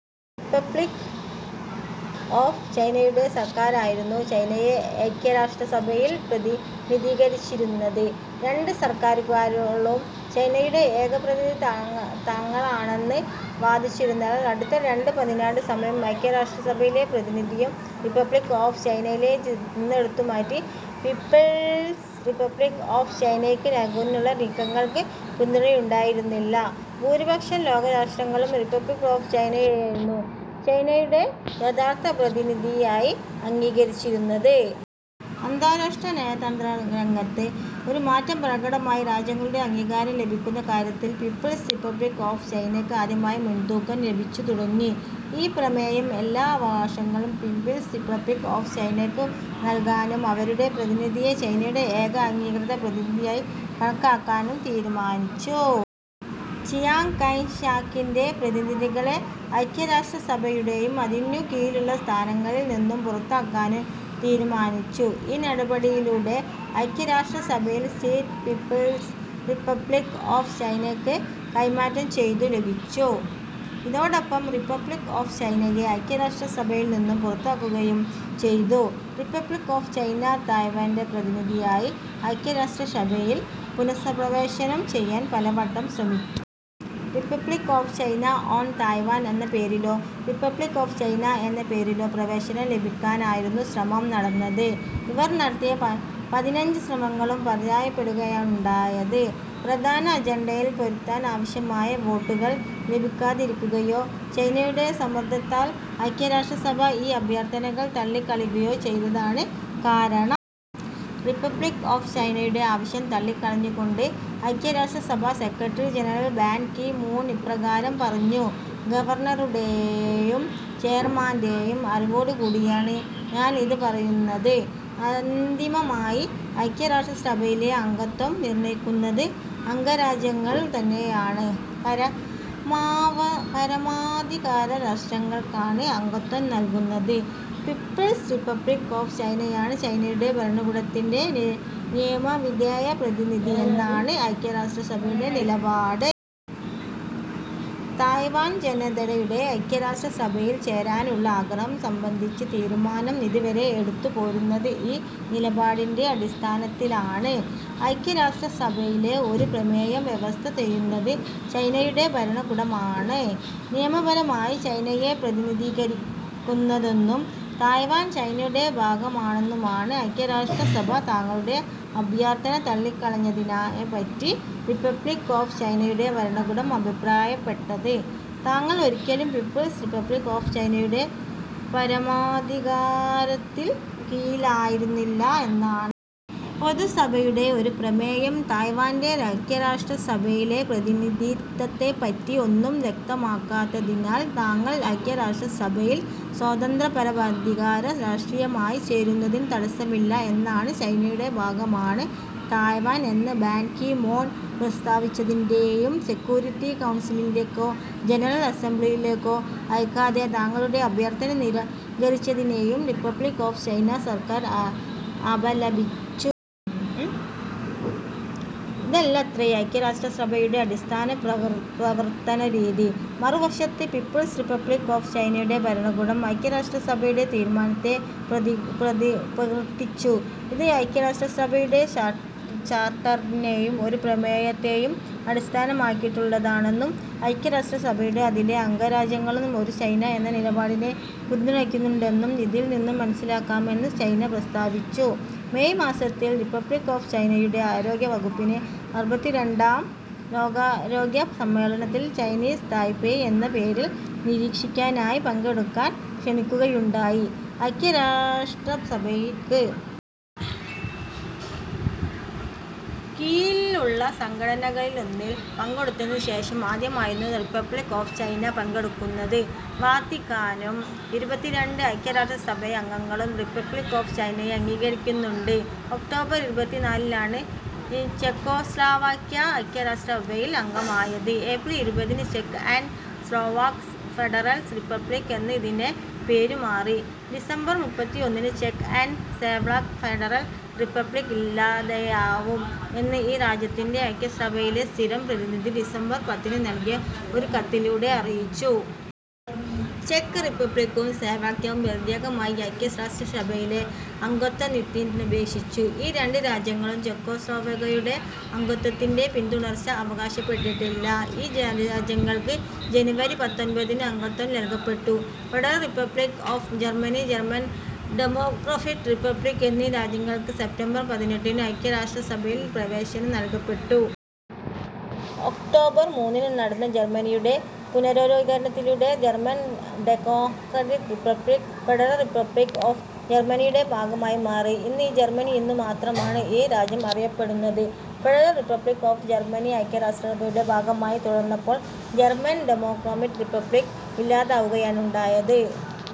Republic of ചൈനയുടെ സർക്കാരായിരുന്നു ചൈനയെ ഐക്യരാഷ്ട്രസഭയിൽ പ്രതിനിധീകരിച്ചിരുന്നത്. രണ്ട് സർക്കാരുകളും ചൈനയുടെ ഏക പ്രതിനിധി തങ്ങളാണെന്ന് വാദിച്ചിരുന്നതിനാൽ അടുത്ത രണ്ട് പതിറ്റാണ്ട് സമയം ഐക്യരാഷ്ട്രസഭയിലെ പ്രാതിനിത്യം റിപ്പബ്ലിക്ക് ഓഫ് ചൈനയിൽ നിന്നെടുത്തുമാറ്റി പീപ്പിൾസ് റിപ്പബ്ലിക്ക് ഓഫ് ചൈനയ്ക്ക് നൽകാനുള്ള നീക്കങ്ങൾക്ക് പിന്തുണയുണ്ടായിരുന്നില്ല. ഭൂരിപക്ഷം ലോകരാഷ്ട്രങ്ങളും റിപ്പബ്ലിക്ക് ഓഫ് ചൈനയെയായിരുന്നു ചൈനയുടെ യഥാർത്ഥ പ്രതിനിധിയായി അംഗീകരിച്ചിരുന്നത്. അന്താരാഷ്ട്ര നയതന്ത്രരംഗത്ത് ഒരു മാറ്റം പ്രകടമായി. രാജ്യങ്ങളുടെ അംഗീകാരം ലഭിക്കുന്ന കാര്യത്തിൽ പീപ്പിൾസ് റിപ്പബ്ലിക്ക് ഓഫ് ചൈനയ്ക്ക് ആദ്യമായി മുൻതൂക്കം ലഭിച്ചുതുടങ്ങി. ഈ പ്രമേയം എല്ലാ അവകാശങ്ങളും പീപ്പിൾസ് റിപ്പബ്ലിക്ക് ഓഫ് ചൈനയ്ക്ക് നൽകാനും അവരുടെ പ്രതിനിധിയെ ചൈനയുടെ ഏക അംഗീകൃത പ്രതിനിധിയായി കണക്കാക്കാനും തീരുമാനിച്ചു. ചിയാംഗ് കൈ ഷകിൻ്റെ പ്രതിനിധികളെ ഐക്യരാഷ്ട്രസഭയുടെയും അതിനു കീഴിലുള്ള സ്ഥാനങ്ങളിൽ നിന്നും പുറത്താക്കാനും തീരുമാനിച്ചു. ഈ നടപടിയിലൂടെ ഐക്യരാഷ്ട്രസഭയിലെ സീറ്റ് പീപ്പിൾസ് റിപ്പബ്ലിക്ക് ഓഫ് ചൈനയ്ക്ക് കൈമാറ്റം ചെയ്തു ലഭിച്ചു. ഇതോടൊപ്പം റിപ്പബ്ലിക്ക് ഓഫ് ചൈനയെ ഐക്യരാഷ്ട്രസഭയിൽ നിന്ന് പുറത്താക്കുകയും ചെയ്തു. റിപ്പബ്ലിക്ക് ഓഫ് ചൈന തായ്‌വാന്റെപ്രതിനിധിയായി ഐക്യരാഷ്ട്രസഭയിൽ പുനഃപ്രവേശം ചെയ്യാൻ പലവട്ടം ശ്രമിച്ചു. Republic of China on Taiwan എന്ന പേരിലോ റിപ്പബ്ലിക്ക് ഓഫ് ചൈന എന്ന പേരിലോ പ്രവേശനം ലഭിക്കാനായിരുന്നു ശ്രമം നടന്നത്. ഇവർ നടത്തിയ പതിനഞ്ച് ശ്രമങ്ങളും പരാജയപ്പെടുകയാണുണ്ടായത്. പ്രധാന അജണ്ടയിൽ പെടുത്താൻ ആവശ്യമായ വോട്ടുകൾ ലഭിക്കാതിരിക്കുകയോ ചൈനയുടെ സമ്മർദ്ദത്താൽ ഐക്യരാഷ്ട്രസഭ ഈ അഭ്യർത്ഥനകൾ തള്ളിക്കളയുകയോ ചെയ്തതാണ് കാരണം. റിപ്പബ്ലിക്ക് ഓഫ് ചൈനയുടെ ആവശ്യം തള്ളിക്കളഞ്ഞുകൊണ്ട് ഐക്യരാഷ്ട്രസഭാ Secretary General Ban Ki Moon ഇപ്രകാരം പറഞ്ഞു. ഗവർണറുടെയും ചെയർമാൻ്റെയും അറിവോടുകൂടിയാണ് ഞാൻ ഇത് പറയുന്നത്. അന്തിമമായി ഐക്യരാഷ്ട്രസഭയിലെ അംഗത്വം നിർണയിക്കുന്നത് അംഗരാജ്യങ്ങൾ തന്നെയാണ്. പരമാധികാരരാഷ്ട്രങ്ങൾക്കാണ് അംഗത്വം നൽകുന്നത്. പീപ്പിൾസ് റിപ്പബ്ലിക്ക് ഓഫ് ചൈനയാണ് ചൈനയുടെ ഭരണകൂടത്തിൻ്റെ നിയമവിധേയ പ്രതിനിധി എന്നാണ് ഐക്യരാഷ്ട്രസഭയുടെ നിലപാട്. തായ്‌വാൻ ജനതയുടെ ഐക്യരാഷ്ട്രസഭയിൽ ചേരാനുള്ള ആഗ്രഹം സംബന്ധിച്ച തീരുമാനം ഇതുവരെ എടുത്തുപോരുന്നത് ഈ നിലപാടിൻ്റെ അടിസ്ഥാനത്തിലാണ്. ഐക്യരാഷ്ട്രസഭയിലെ ഒരു പ്രമേയം വ്യവസ്ഥ ചെയ്യുന്നത്, ചൈനയുടെ ഭരണകൂടമാണ് നിയമപരമായി ചൈനയെ പ്രതിനിധീകരിക്കുന്നതെന്നും തായ്‌വാൻ ചൈനയുടെ ഭാഗമാണെന്നുമാണ്. ഐക്യരാഷ്ട്രസഭ തങ്ങളുടെ അഭ്യർത്ഥന തള്ളിക്കളഞ്ഞതിനെപ്പറ്റി റിപ്പബ്ലിക്ക് ഓഫ് ചൈനയുടെ ഭരണകൂടം അഭിപ്രായപ്പെട്ടത് തങ്ങൾ ഒരിക്കലും പീപ്പിൾസ് റിപ്പബ്ലിക്ക് ഓഫ് ചൈനയുടെ പരമാധികാരത്തിൻ കീഴിലായിരുന്നില്ല എന്നാണ്. പൊതുസഭയുടെ ഒരു പ്രമേയം തായ്‌വാന്റെഐക്യരാഷ്ട്രസഭയിലെ പ്രാതിനിത്യത്തെപ്പറ്റി ഒന്നും വ്യക്തമാക്കാത്തതിനാൽ തങ്ങൾ ഐക്യരാഷ്ട്രസഭയിൽ സ്വതന്ത്രപരമാധികാര രാഷ്ട്രമായി ചേരുന്നതിന് തടസ്സമില്ല എന്നാണ്. ചൈനയുടെ ഭാഗമാണ് തായ്‌വാൻ എന്ന് ബാൻ കി മൂൺ പ്രസ്താവിച്ചതിനെയും സെക്യൂരിറ്റി കൗൺസിലിലേക്കോ ജനറൽ അസംബ്ലിയിലേലേക്കോ അയയ്ക്കാതെ തങ്ങളുടെ അഭ്യർത്ഥന നിരാകരിച്ചതിനെയും റിപ്പബ്ലിക്ക് ഓഫ് ചൈന സർക്കാർ അ അപലപിച്ചു. ഇതല്ലത്രേ ഐക്യരാഷ്ട്രസഭയുടെ അടിസ്ഥാന പ്രവർത്തനരീതി. മറുവശത്ത് പീപ്പിൾസ് റിപ്പബ്ലിക്ക് ഓഫ് ചൈനയുടെ ഭരണകൂടം ഐക്യരാഷ്ട്രസഭയുടെ തീരുമാനത്തെ പ്രകീർത്തിച്ചു. ഇത് ഐക്യരാഷ്ട്രസഭയുടെ ചാർട്ടറിനെയും ഒരു പ്രമേയത്തെയും അടിസ്ഥാനമാക്കിയുള്ളതാണെന്നും, ഐക്യരാഷ്ട്രസഭയും അതിലെ അംഗരാജ്യങ്ങളും ഒരു ചൈന എന്ന നിലപാടിനെ പിന്തുണയ്ക്കുന്നുണ്ടെന്നും ഇതിൽ നിന്ന് മനസ്സിലാക്കാമെന്ന് ചൈന പ്രസ്താവിച്ചു. മേയ് മാസത്തിൽ റിപ്പബ്ലിക്ക് ഓഫ് ചൈനയുടെ ആരോഗ്യവകുപ്പിനെ അറുപത്തിരണ്ടാം ലോകാരോഗ്യ സമ്മേളനത്തിൽ ചൈനീസ് തായ്പേയ് എന്ന പേരിൽ നിരീക്ഷകനായി പങ്കെടുക്കാൻ ക്ഷണിക്കുകയുണ്ടായി. ഐക്യരാഷ്ട്രസഭയ്ക്ക് കീഴിലുള്ള സംഘടനകളിലൊന്നിൽ പങ്കെടുത്തതിന് ശേഷം ആദ്യമായായിരുന്നു റിപ്പബ്ലിക്ക് ഓഫ് ചൈന പങ്കെടുക്കുന്നത്. വത്തിക്കാനും ഇരുപത്തിരണ്ട് ഐക്യരാഷ്ട്രസഭാ അംഗങ്ങളും റിപ്പബ്ലിക്ക് ഓഫ് ചൈനയെ അംഗീകരിക്കുന്നുണ്ട്. ഒക്ടോബർ ഇരുപത്തി നാലിനാണ് ചെക്കോസ്ലാവാക്യ ഐക്യരാഷ്ട്രസഭയിൽ അംഗമായത്. ഏപ്രിൽ ഇരുപതിന് ചെക്ക് ആൻഡ് സ്ലോവാക്ക് ഫെഡറൽ റിപ്പബ്ലിക്ക് എന്ന് ഇതിൻ്റെ പേരുമാറി. ഡിസംബർ മുപ്പത്തി ഒന്നിന് ചെക്ക് ആൻഡ് സ്ലോവാക്ക് ഫെഡറൽ റിപ്പബ്ലിക്ക് ഇല്ലാതെയാവും എന്ന് ഈ രാജ്യത്തിൻ്റെ ഐക്യരാഷ്ട്രസഭയിലെ സ്ഥിരം പ്രതിനിധി ഡിസംബർ പത്തിനു നൽകിയ ഒരു കത്തിലൂടെ അറിയിച്ചു. ചെക്ക് റിപ്പബ്ലിക്കും സ്ലോവാക്യയും പ്രത്യേകമായി ഐക്യരാഷ്ട്രസഭയിലെ അംഗത്വത്തിനപേക്ഷിച്ചു. ഈ രണ്ട് രാജ്യങ്ങളും ചെക്കോസ്ലോവാക്യയുടെ അംഗത്വത്തിൻ്റെ പിൻതുടർച്ച അവകാശപ്പെട്ടില്ല. ഈ രാജ്യങ്ങൾക്ക് ജനുവരി പത്തൊൻപതിനു അംഗത്വം നൽകപ്പെട്ടു. Federal Republic of Germany, German Democratic Republic എന്നീ രാജ്യങ്ങൾക്ക് സെപ്റ്റംബർ പതിനെട്ടിനു ഐക്യരാഷ്ട്രസഭയിൽ പ്രവേശനം നൽകപ്പെട്ടു. ഒക്ടോബർ മൂന്നിന് നടന്ന ജർമനിയുടെ പുനരേകീകരണത്തിലൂടെ German Democratic Republic Federal Republic of ജർമനിയുടെ ഭാഗമായി മാറി. ഇന്ന് ജർമനി എന്നു മാത്രമാണ് ഈ രാജ്യം അറിയപ്പെടുന്നത്. ഫെഡറൽ റിപ്പബ്ലിക്ക് ഓഫ് ജർമനി ഐക്യരാഷ്ട്രസഭയുടെ ഭാഗമായി തുടർന്നപ്പോൾ ജർമൻ ഡെമോക്രാറ്റിക് റിപ്പബ്ലിക്ക് ഇല്ലാതെയാവുകയാണുണ്ടായത്.